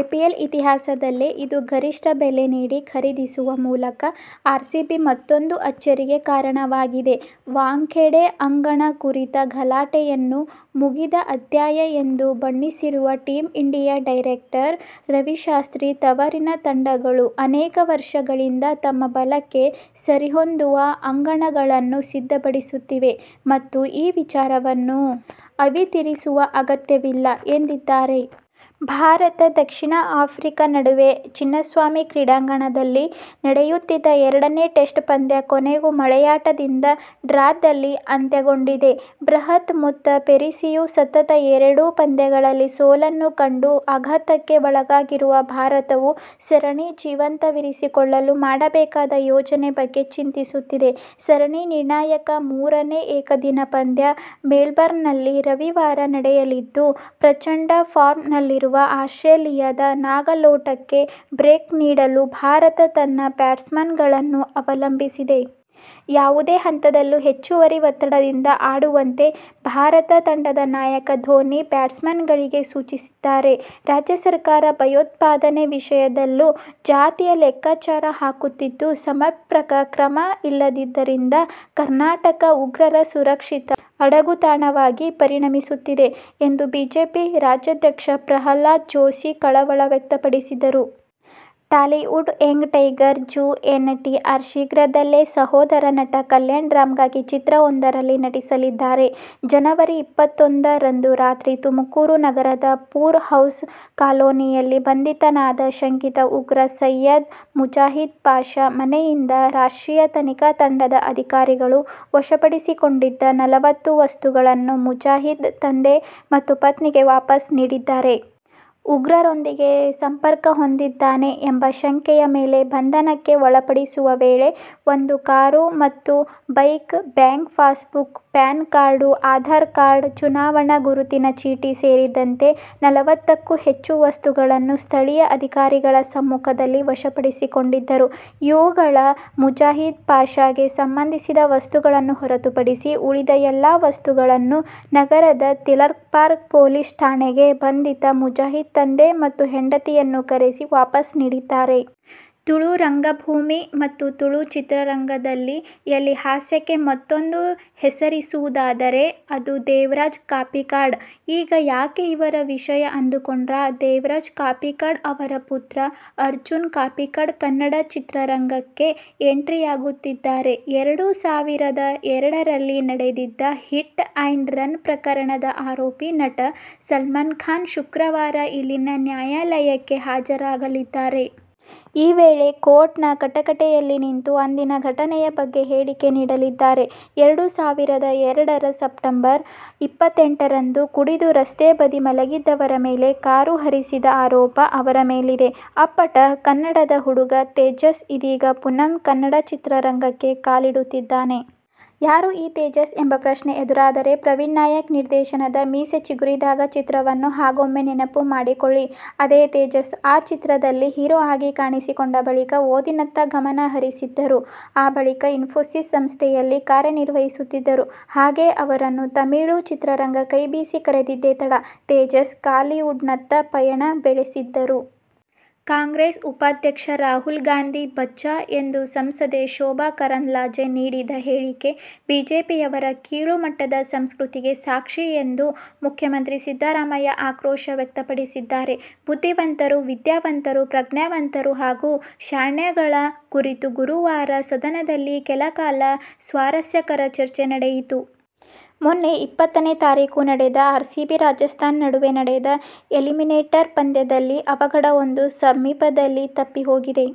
IPL ಇತಿಹಾಸದಲ್ಲೇ ಇದು ಗರಿಷ್ಠ ಬೆಲೆ. ನೀಡಿ ಖರೀದಿಸುವ ಮೂಲಕ ಆರ್ಸಿಬಿ ಮತ್ತೂಂದು ಅಚ್ಚರಿಗೆ ಕಾರಣವಾಗಿದೆ. ವಾಂಖೇಡೆ ಅಂಗಣ ಕುರಿತ ಗಲಾಟೆಯನ್ನು "ಮುಗಿದ ಅಧ್ಯಾಯ' ಎಂದು ಬಣ್ಣಿಸಿರುವ team India director Ravi Shastri, ತವರಿನ ತಂಡಗಳು ಅನೇಕ ವರ್ಷಗಳಿಂದ ತಮ್ಮ ಬಲಕ್ಕೆ ಸರಿಹೊಂದುವ ಅಂಗಣಗಳನ್ನು ಸಿದ್ಧಪಡಿಸುತ್ತಿವೆ ಮತ್ತು ಈ ವಿಚಾರವನ್ನು ಅವಿತಿರಿಸುವ ಅಗತ್ಯವಿಲ್ಲ ಎಂದಿದ್ದಾರೆ. ಭಾರತ-ದಕ್ಷಿಣ ಆಫ್ರಿಕಾ ನಡುವೆ ಚಿನ್ನಸ್ವಾಮಿ ಕ್ರೀಡಾಂಗಣದಲ್ಲಿ ನಡೆಯುತ್ತಿದ್ದ ಎರಡನೇ ಟೆಸ್ಟ್ ಪಂದ್ಯ ಕೊನೆಗೂ ಮಳೆಯಾಟದಿಂದ ಡ್ರಾದಲ್ಲಿ ಅಂತ್ಯಗೊಂಡಿದೆ. ಬೃಹತ್ ಮೊತ್ತ ಪೇರಿಸಿಯೂ ಸತತ ಎರಡು ಪಂದ್ಯಗಳಲ್ಲಿ ಸೋಲನ್ನು ಕಂಡು ಆಘಾತಕ್ಕೆ ಒಳಗಾಗಿರುವ ಭಾರತವು ಸರಣಿ ಜೀವಂತವಿರಿಸಿಕೊಳ್ಳಲು ಮಾಡಬೇಕಾದ ಯೋಜನೆ ಬಗ್ಗೆ ಚಿಂತಿಸುತ್ತಿದೆ. ಸರಣಿ ನಿರ್ಣಾಯಕ ಮೂರನೇ ಏಕದಿನ ಪಂದ್ಯ ಮೆಲ್ಬರ್ನ್ನಲ್ಲಿ ರವಿವಾರ ನಡೆಯಲಿದ್ದು ಪ್ರಚಂಡ ಫಾರ್ಮ್ ನಲ್ಲಿರುವ ಆಸ್ಟ್ರೇಲಿಯದ ನಾಗಾಲೋಟಕ್ಕೆ ಬ್ರೇಕ್ ನೀಡಲು ಭಾರತ ತನ್ನ ಬ್ಯಾಟ್ಸ್ಮನ್ಗಳನ್ನು ಅವಲಂಬಿಸಿದೆ. ಯಾವುದೇ ಹಂತದಲ್ಲೂ ಹೆಚ್ಚುವರಿ ಒತ್ತಡದಿಂದ ಆಡುವಂತೆ ಭಾರತ ತಂಡದ ನಾಯಕ ಧೋನಿ ಬ್ಯಾಟ್ಸ್ಮನ್ಗಳಿಗೆ ಸೂಚಿಸಿದ್ದಾರೆ. ರಾಜ್ಯ ಸರ್ಕಾರ ಭಯೋತ್ಪಾದನೆ ವಿಷಯದಲ್ಲೂ ಜಾತಿಯ ಲೆಕ್ಕಾಚಾರ ಹಾಕುತ್ತಿದ್ದು, ಸಮರ್ಪಕ ಕ್ರಮ ಇಲ್ಲದ್ದರಿಂದ ಕರ್ನಾಟಕ ಉಗ್ರರ ಸುರಕ್ಷಿತ ಅಡಗುತಾಣವಾಗಿ ಪರಿಣಮಿಸುತ್ತಿದೆ ಎಂದು ಬಿಜೆಪಿ ರಾಜ್ಯಾಧ್ಯಕ್ಷ ಪ್ರಹ್ಲಾದ ಜೋಶಿ ಕಳವಳ ವ್ಯಕ್ತಪಡಿಸಿದರು. ಟಾಲಿವುಡ್ ಯಂಗ್ ಟೈಗರ್ ಜೂ. ಎನ್. ಟಿ. ಆರ್ ಶೀಘ್ರದಲ್ಲೇ ಸಹೋದರ ನಟ ಕಲ್ಯಾಣ್ ರಾಮ್'ಗಾಗಿ ಚಿತ್ರವೊಂದರಲ್ಲಿ ನಟಿಸಲಿದ್ದಾರೆ. ಜನವರಿ ಇಪ್ಪತ್ತೊಂದ ರಂದು ರಾತ್ರಿ ತುಮಕೂರು ನಗರದ ಪೂರ್ ಹೌಸ್ ಕಾಲೊನಿಯಲ್ಲಿ ಬಂಧಿತನಾದ ಶಂಕಿತ ಉಗ್ರ ಸೈಯದ್ ಮುಜಾಹಿದ್ ಪಾಷ ಮನೆಯಿಂದ ರಾಷ್ಟ್ರೀಯ ತನಿಖಾ ತಂಡದ ಅಧಿಕಾರಿಗಳು ವಶಪಡಿಸಿಕೊಂಡಿದ್ದ ನಲವತ್ತು ವಸ್ತುಗಳನ್ನು ಮುಜಾಹಿದ್ ತಂದೆ ಮತ್ತು ಪತ್ನಿಗೆ ವಾಪಸ್ ನೀಡಿದ್ದಾರೆ. ಉಗ್ರರೊಂದಿಗೆ ಸಂಪರ್ಕಹೊಂದಿದ್ದಾನೆ ಎಂಬ ಶಂಕೆಯ ಮೇಲೆ ಬಂಧನಕ್ಕೆ ಒಳಪಡಿಸುವ ವೇಳೆ ಒಂದು ಕಾರು ಮತ್ತು bike, bank passbook, PAN card, Aadhaar card, ಚುನಾವಣಾ ಗುರುತಿನ ಚೀಟಿ ಸೇರಿದಂತೆ ನಲವತ್ತುಕ್ಕೂ ಹೆಚ್ಚು ವಸ್ತುಗಳನ್ನು ಸ್ಥಳೀಯ ಅಧಿಕಾರಿಗಳ ಸಮ್ಮುಖದಲ್ಲಿ ವಶಪಡಿಸಿಕೊಂಡಿದ್ದರು. ಇವುಗಳಲ್ಲಿ ಮುಜಾಹಿದ್ ಪಾಷಗೆ ಸಂಬಂಧಿಸಿದ ವಸ್ತುಗಳನ್ನು ಹೊರತುಪಡಿಸಿ ಉಳಿದ ಎಲ್ಲಾ ವಸ್ತುಗಳನ್ನು ನಗರದ ತಿಲಕ್ಪಾರ್ಕ್ ಪೊಲೀಸ್ ಠಾಣೆಗೆ ಬಂಧಿತ ಮುಜಾಹಿದ್ ತಂದೆ ಮತ್ತು ಹೆಂಡತಿಯನ್ನು ಕರೆಸಿ ವಾಪಸ್ ನೀಡಿದ್ದಾರೆ. ತುಳು ರಂಗಭೂಮಿ ಮತ್ತು ತುಳು ಚಿತ್ರರಂಗದಲ್ಲಿಯಲ್ಲಿ ಹಾಸ್ಯಕ್ಕೆ ಮತ್ತೂಂದು ಹೆಸರಿಸುವುದಾದರೆ ಅದು ದೇವರಾಜ್ ಕಾಪಿಕಾಡ್. ಈಗ ಯಾಕೆ ಇವರ ವಿಷಯ ಅಂದುಕೊಂಡ್ರಾ ದೇವರಾಜ್ ಕಾಪಿಕಾಡ್ ಅವರ ಪುತ್ರ ಅರ್ಜುನ್ ಕಾಪಿಕಾಡ್ ಕನ್ನಡ ಚಿತ್ರರಂಗಕ್ಕೆ ಎಂಟ್ರಿಯಾಗುತ್ತಿದ್ದಾರೆ. ಎರಡು ಸಾವಿರದ ಎರಡರಲ್ಲಿ ನಡೆದಿದ್ದ ಹಿಟ್ ಅಂಡ್ ರನ್ ಪ್ರಕರಣದ ಆರೋಪಿ, ನಟ ಸಲ್ಮಾನ್ಖಾನ್ ಶುಕ್ರವಾರ ಇಲ್ಲಿನ ನ್ಯಾಯಾಲಯಕ್ಕೆ ಹಾಜರಾಗಲಿದ್ದಾರೆ. ಈ ವೇಳೆ ಕೋರ್ಟ್ನ ಕಟಕಟೆಯಲ್ಲಿ ನಿಂತು ಅಂದಿನ ಘಟನೆಯ ಬಗ್ಗೆ ಹೇಳಿಕೆ ನೀಡಲಿದ್ದಾರೆ. ಎರಡು ಸಾವಿರದ ಎರಡರ ಸೆಪ್ಟಂಬರ್ ಇಪ್ಪತ್ತೆಂಟರಂದು ಕುಡಿದು ರಸ್ತೆ ಬದಿ ಮಲಗಿದ್ದವರ ಮೇಲೆ ಕಾರು ಹರಿಸಿದ ಆರೋಪ ಅವರ ಮೇಲಿದೆ. ಅಪ್ಪಟ ಕನ್ನಡದ ಹುಡುಗ ತೇಜಸ್ ಇದೀಗ ಪುನಃ ಕನ್ನಡ ಚಿತ್ರರಂಗಕ್ಕೆ ಕಾಲಿಡುತ್ತಿದ್ದಾನೆ. ಯಾರು ಈ ತೇಜಸ್ ಎಂಬ ಪ್ರಶ್ನೆ ಎದುರಾದರೆ, ಪ್ರವೀಣ್ನಾಯಕ್ ನಿರ್ದೇಶನದ "ಮೀಸೆ ಚಿಗುರಿದಾಗ' ಚಿತ್ರವನ್ನು ಹಾಗೊಮ್ಮೆ ನೆನಪು ಮಾಡಿಕೊಳ್ಳಿ. ಅದೇ ತೇಜಸ್, ಆ ಚಿತ್ರದಲ್ಲಿ ಹೀರೋ ಆಗಿ ಕಾಣಿಸಿಕೊಂಡ ಬಳಿಕ ಓದಿನತ್ತ ಗಮನ ಹರಿಸಿದ್ದರು. ಆ ಬಳಿಕ ಇನ್ಫೋಸಿಸ್ ಸಂಸ್ಥೆಯಲ್ಲಿ ಕಾರ್ಯನಿರ್ವಹಿಸಿದ್ದರು. ಹಾಗೇ ಅವರನ್ನು ತಮಿಳು ಚಿತ್ರರಂಗ ಕೈ ಬೀಸಿ ಕರೆದಿದ್ದೇ ತಡ, ತೇಜಸ್ ಕಾಲಿವುಡ್ನತ್ತ ಪಯಣ ಬೆಳೆಸಿದ್ದರು. ಕಾಂಗ್ರೆಸ್ ಉಪಾಧ್ಯಕ್ಷ ರಾಹುಲ್ ಗಾಂಧಿ ಬಚ್ಚಾ ಎಂದು ಸಂಸದೆ ಶೋಭಾ ಕರಂದ್ಲಾಜೆ ನೀಡಿದ ಹೇಳಿಕೆ ಬಿಜೆಪಿಯವರ ಕೀಳು ಮಟ್ಟದ ಸಂಸ್ಕೃತಿಗೆ ಸಾಕ್ಷಿ ಎಂದು ಮುಖ್ಯಮಂತ್ರಿ ಸಿದ್ದರಾಮಯ್ಯ ಆಕ್ರೋಶ ವ್ಯಕ್ತಪಡಿಸಿದ್ದಾರೆ. "ಬುದ್ಧಿವಂತರು, ವಿದ್ಯಾವಂತರು, ಪ್ರಜ್ಞಾವಂತರು ಹಾಗೂ ಶಾಣ್ಯಾಗಳ ಕುರಿತು ಗುರುವಾರ ಸದನದಲ್ಲಿ ಕೆಲಕಾಲ ಸ್ವಾರಸ್ಯಕರ ಚರ್ಚೆ ನಡೆಯಿತು. ಮೊನ್ನೆ ಇಪ್ಪತ್ತನೇ ತಾರೀಖು ನಡೆದ ಆರ್ಸಿಬಿ-ರಾಜಸ್ಥಾನ್ ನಡುವೆ ನಡೆದ ಎಲಿಮಿನೇಟರ್ ಪಂದ್ಯದಲ್ಲಿ ಅವಘಡವೊಂದು ಸಮೀಪದಲ್ಲಿ ತಪ್ಪಿಹೋಗಿದೆ.